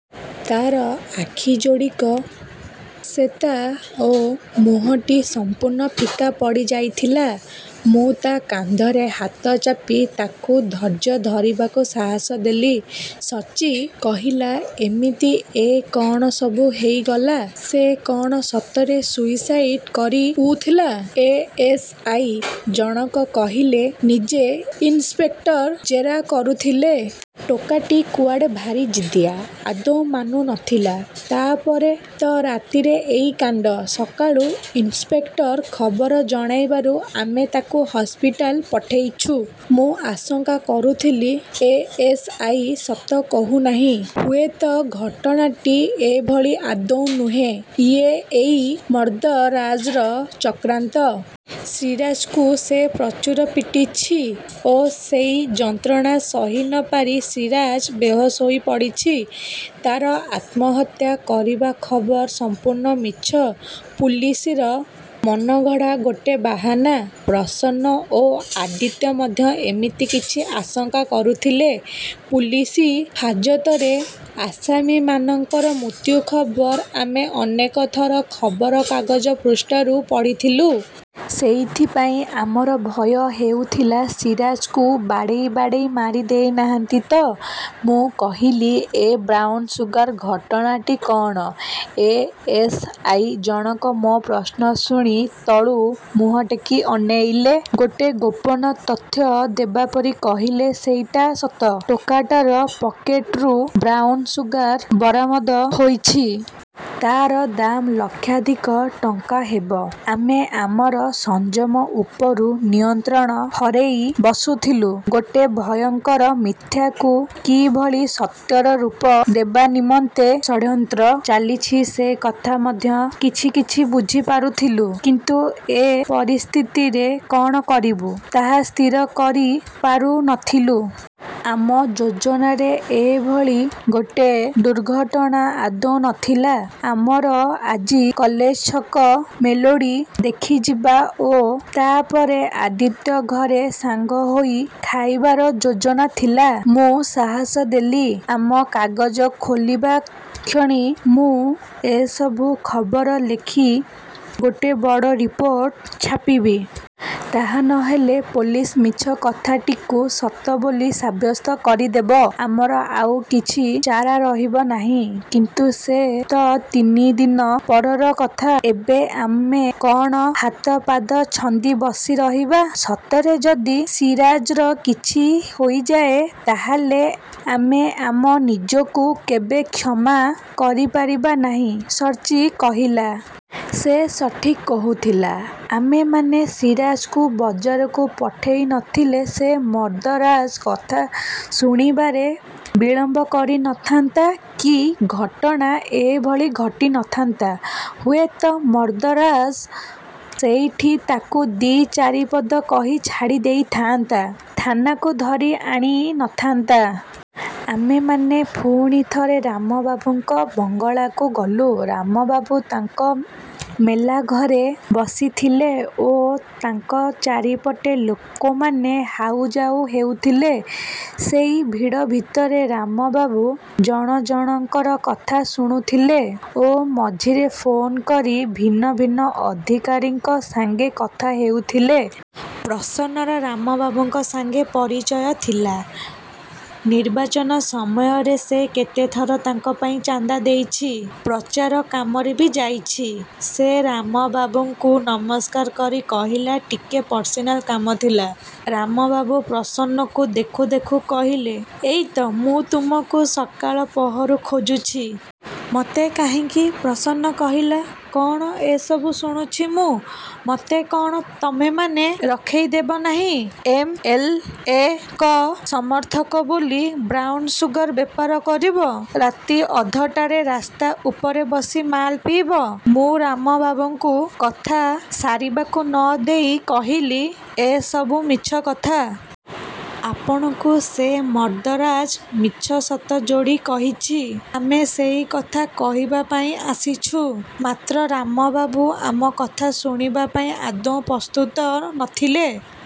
ତାର ଆଖିଯୋଡ଼ିକ ଶେତା ଓ ମୁହଁଟି ସମ୍ପୂର୍ଣ୍ଣ ଫିକା ପଡ଼ିଯାଇଥିଲା। ମୁଁ ତା କାନ୍ଧରେ ହାତ ଚାପି ତାକୁ ଧୈର୍ଯ୍ୟ ଧରିବାକୁ ସାହସ ଦେଲି। ସଚ୍ଚି କହିଲା, "ଏମିତି ଏ କଣ ସବୁ ହେଇଗଲା? ସେ କଣ ସତରେ ସୁଇସାଇଡ କରିଉଥିଲା?"ଏଏସ୍‌ଆଇ ଜଣକ କହିଲେ, "ନିଜେ ଇନ୍ସପେକ୍ଟର ଜେରା କରୁଥିଲେ। ଟୋକାଟି କୁଆଡ଼େ ଭାରି ଜିଦିଆ। ଆଦୌ ମାନୁ ନଥିଲା। ତାପରେ ତ ରାତିରେ ଏଇ କାଣ୍ଡ। ସକାଳୁ ଇନ୍ସପେକ୍ଟର ଖବର ଜଣାଇବାରୁ ଆମେ ତାକୁ ହସ୍ପିଟାଲ ପଠେଇଛୁ।"ମୁଁ ଆଶଙ୍କା କରୁଥିଲି, ଏଏସ୍‌ଆଇ ସତ କହୁନାହିଁ। ହୁଏତ ଘଟଣାଟି ଏଭଳି ଆଦୌ ନୁହେଁ। ଇଏ ଏଇ ମର୍ଦ୍ଦରାଜର ଚକ୍ରାନ୍ତ। ସିରାଜକୁ ସେ ପ୍ରଚୁର ପିଟିଛି ଓ ସେଇ ଯନ୍ତ୍ରଣା ସହି ନପାରି ସିରାଜ ବେହୋସ ହୋଇପଡ଼ିଛି। ତାର ଆତ୍ମହତ୍ୟା କରିବା ଖବର ସମ୍ପୂର୍ଣ୍ଣ ମିଛ, ପୁଲିସର ମନଗଢ଼ା ଗୋଟେ ବାହାନା। ପ୍ରସନ୍ନ ଓ ଆଦିତ୍ୟ ମଧ୍ୟ ଏମିତି କିଛି ଆଶଙ୍କା କରୁଥିଲେ। ପୁଲିସ ହାଜତରେ ଆସାମୀମାନଙ୍କର ମୃତ୍ୟୁ ଖବର ଆମେ ଅନେକ ଥର ଖବରକାଗଜ ପୃଷ୍ଠାରୁ ପଢ଼ିଥିଲୁ। ସେଥିପାଇଁ ଆମର ଭୟ ହେଉଥିଲା, ସିରାଜକୁ ବାଡ଼େଇ ବାଡ଼େଇ ମାରି ଦେଇନାହାନ୍ତି ତ! ମୁଁ କହିଲି, "ଏ ବ୍ରାଉନ ସୁଗାର ଘଟଣାଟି କଣ?"ଏଏସ୍‌ଆଇ ଜଣକ ମୋ ପ୍ରଶ୍ନ ଶୁଣି ତଳୁ ମୁହଁଟେକି ଅନେଇଲେ। ଗୋଟେ ଗୋପନ ତଥ୍ୟ ଦେବାପରି କହିଲେ, "ସେଇଟା ସତ। ଟୋକାଟାର ପକେଟ୍ରୁ ବ୍ରାଉନ ସୁଗାର ବରାମଦ ହୋଇଛି। ତାର ଦାମ୍ ଲକ୍ଷାଧିକ ଟଙ୍କା ହେବ।"ଆମେ ଆମର ସଂଯମ ଉପରୁ ନିୟନ୍ତ୍ରଣ ହରେଇ ବସୁଥିଲୁ। ଗୋଟେ ଭୟଙ୍କର ମିଥ୍ୟାକୁ କିଭଳି ସତ୍ୟର ରୂପ ଦେବା ନିମନ୍ତେ ଷଡ୍ଯନ୍ତ୍ର ଚାଲିଛି ସେକଥା ମଧ୍ୟ କିଛି କିଛି ବୁଝିପାରୁଥିଲୁ। କିନ୍ତୁ ଏ ପରିସ୍ଥିତିରେ କଣ କରିବୁ, ତାହା ସ୍ଥିର କରିପାରୁ ନଥିଲୁ। ଆମ ଯୋଜନାରେ ଏଭଳି ଗୋଟେ ଦୁର୍ଘଟଣା ଆଦୌ ନଥିଲା। ଆମର ଆଜି କଲେଜଛକ ମେଲୋଡ଼ି ଦେଖିଯିବା ଓ ତାପରେ ଆଦିତ୍ୟ ଘରେ ସାଙ୍ଗ ହୋଇ ଖାଇବାର ଯୋଜନା ଥିଲା। ମୁଁ ସାହସ ଦେଲି, "ଆମ କାଗଜ ଖୋଲିବା କ୍ଷଣି ମୁଁ ଏସବୁ ଖବର ଲେଖି ଗୋଟେ ବଡ଼ ରିପୋର୍ଟ ଛାପିବି। ତାହା ନ ହେଲେ ପୋଲିସ ମିଛ କଥାଟିକୁ ସତ ବୋଲି ସାବ୍ୟସ୍ତ କରିଦେବ। ଆମର ଆଉ କିଛି ଚାରା ରହିବ ନାହିଁ।" "କିନ୍ତୁ ସେ ତ ତିନିଦିନ ପରର କଥା। ଏବେ ଆମେ କଣ ହାତପାଦ ଛନ୍ଦି ବସିରହିବା! ସତରେ ଯଦି ସିରାଜର କିଛି ହୋଇଯାଏ ତାହାହେଲେ ଆମେ ଆମ ନିଜକୁ କେବେ କ୍ଷମା କରିପାରିବା ନାହିଁ," ସଚ୍ଚି କହିଲା। ସେ ଠିକ୍ କହୁଥିଲା। ଆମେମାନେ ସିରାଜକୁ ବଜାରକୁ ପଠେଇ ନଥିଲେ ସେ ମର୍ଦ୍ଦରାଜ କଥା ଶୁଣିବାରେ ବିଳମ୍ବ କରି ନଥାନ୍ତା କି ଘଟଣା ଏଭଳି ଘଟି ନଥାନ୍ତା। ହୁଏତ ମର୍ଦ୍ଦରାଜ ସେଇଠି ତାକୁ ଦି ଚାରିପଦ କହି ଛାଡ଼ି ଦେଇଥାଆନ୍ତା। ଥାନାକୁ ଧରି ଆଣି ନଥାନ୍ତା। ଆମେମାନେ ପୁଣି ଥରେ ରାମବାବୁଙ୍କ ବଙ୍ଗଳାକୁ ଗଲୁ। ରାମବାବୁ ତାଙ୍କ ମେଲାଘରେ ବସିଥିଲେ ଓ ତାଙ୍କ ଚାରିପଟେ ଲୋକମାନେ ହାଉଯାଉ ହେଉଥିଲେ। ସେଇ ଭିଡ଼ ଭିତରେ ରାମବାବୁ ଜଣ ଜଣକର କଥା ଶୁଣୁଥିଲେ ଓ ମଝିରେ ଫୋନ୍ କରି ଭିନ୍ନ ଭିନ୍ନ ଅଧିକାରୀଙ୍କ ସାଙ୍ଗେ କଥା ହେଉଥିଲେ। ପ୍ରସନ୍ନର ରାମବାବୁଙ୍କ ସାଙ୍ଗେ ପରିଚୟ ଥିଲା। ନିର୍ବାଚନ ସମୟରେ ସେ କେତେଥର ତାଙ୍କ ପାଇଁ ଚାନ୍ଦା ଦେଇଛି। ପ୍ରଚାର କାମରେ ବି ଯାଇଛି। ସେ ରାମବାବୁଙ୍କୁ ନମସ୍କାର କରି କହିଲା, "ଟିକେ ପର୍ସନାଲ କାମ ଥିଲା।"ରାମବାବୁ ପ୍ରସନ୍ନକୁ ଦେଖୁ ଦେଖୁ କହିଲେ, "ଏଇତ! ମୁଁ ତୁମକୁ ସକାଳ ପହରୁ ଖୋଜୁଛି।" "ମୋତେ? କାହିଁକି!" ପ୍ରସନ୍ନ କହିଲା। "କଣ ଏସବୁ ଶୁଣୁଛି ମୁଁ? ମୋତେ କଣ ତମେମାନେ ରଖେଇ ଦେବ ନାହିଁ! ଏମ୍‌ଏଲ୍‌ଏଙ୍କ ସମର୍ଥକ ବୋଲି ବ୍ରାଉନ ସୁଗାର ବେପାର କରିବ। ରାତି ଅଧଟାରେ ରାସ୍ତା ଉପରେ ବସି ମାଲ ପିଇବ!"ମୁଁ ରାମବାବୁଙ୍କୁ କଥା ସାରିବାକୁ ନ ଦେଇ କହିଲି, "ଏସବୁ ମିଛ କଥା। ଆପଣଙ୍କୁ ସେ ମର୍ଦ୍ଦରାଜ ମିଛ ସତ ଯୋଡ଼ି କହିଛି। ଆମେ ସେଇକଥା କହିବା ପାଇଁ ଆସିଛୁ।"ମାତ୍ର ରାମବାବୁ ଆମ କଥା ଶୁଣିବା ପାଇଁ ଆଦୌ ପ୍ରସ୍ତୁତ ନଥିଲେ।